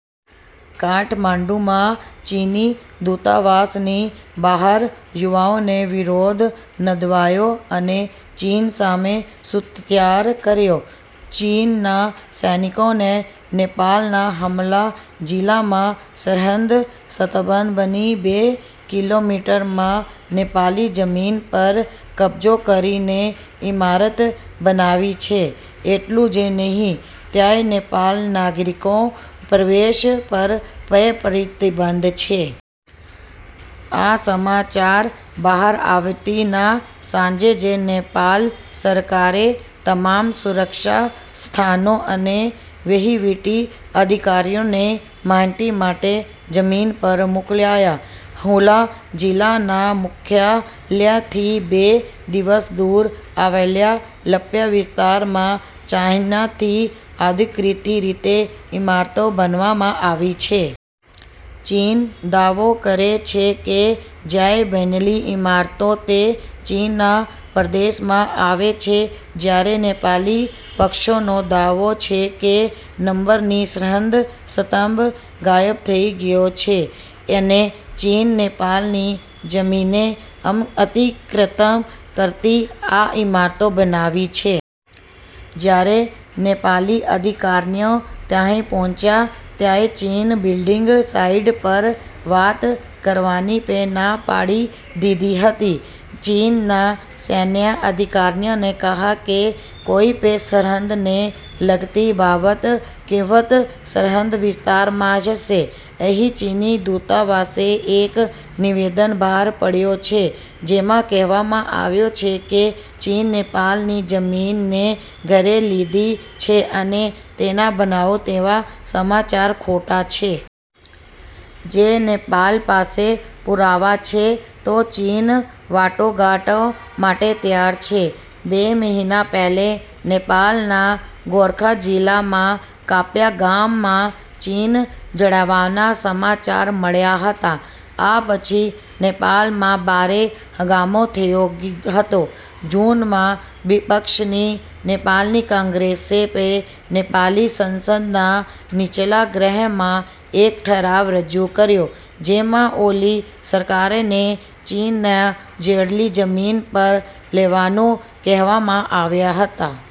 કાઠમંડુમાં ચીની દૂતાવાસની બહાર યુવાનોએ વિરોધ નોંધાવ્યો અને ચીન સામે સૂત્રોચ્ચાર કર્યા. ચીનના સૈનિકોએ નેપાળના હુમલા જિલ્લામાં સરહદ સ્તંભની બે કિ. મી. માં નેપાળી જમીન પર કબજો કરીને ઇમારત બનાવી છે. એટલું જ નહીં, ત્યાં નેપાળી નાગરિકોના પ્રવેશ પર પણ પ્રતિબંધ છે. આ સમાચાર બહાર આવતાની સાથે જ નેપાળ સરકારે તમામ સુરક્ષા સંસ્થાઓ અને વહીવટી અધિકારીઓને માહિતી માટે જમીન પર મોકલ્યા. હુલા જિલ્લાના મુખ્યાલયથી બે દિવસ દૂર આવેલા લપ્ચા વિસ્તારમાં, ચાઇનાથી અનધિકૃત રીતે ઇમારતો બનાવવામાં આવી છે. ચીન દાવો કરે છે કે, જ્યાં બનેલી ઇમારતો તે ચીનના પ્રદેશમાં આવે છે, જ્યારે નેપાળી પક્ષનો દાવો છે કે, નંબરની સરહદ સ્તંભ ગાયબ થઈ ગયો છે અને ચીને નેપાળની જમીનને અતિક્રમણ કરતી આ ઇમારતો બનાવી છે. જ્યારે નેપાળી અધિકારીઓ ત્યાં પહોંચ્યા ત્યારે ચીને બિલ્ડિંગ સાઇટ પર વાત કરવાની પણ ના પાડી દીધી હતી. ચીનના સૈન્ય અધિકારીઓએ કહ્યું કે, કોઈપણ સરહદને લગતી બાબત ફક્ત સરહદ વિસ્તારમાં થશે. અહીં, ચીની દૂતાવાસે એક નિવેદન બહાર પાડ્યું છે જેમાં કહેવામાં આવ્યું છે કે, ચીને નેપાળની જમીનને ઘેરી લીધી છે અને તેને બનાવ્યો તેવા સમાચાર ખોટા છે. જો નેપાળ પાસે પુરાવા છે, તો ચીન વાટાઘાટો માટે તૈયાર છે. બે મહિના પહેલા, નેપાળના ગોરખા જિલ્લાના કપ્પા ગામમાં ચીન જોડાવાના સમાચાર મળ્યા હતા. આ પછી નેપાળમાં ભારે હંગામો થયો હતો. જૂનમાં, વિપક્ષની નેપાળી કોંગ્રેસે પણ નેપાળી સંસદના નીચલા ગૃહમાં એક ઠરાવ રજૂ કર્યો, જેમાં ઓલી સરકારને ચીનની જોડેલી જમીન પરત લેવાનું કહેવામાં આવ્યું હતું.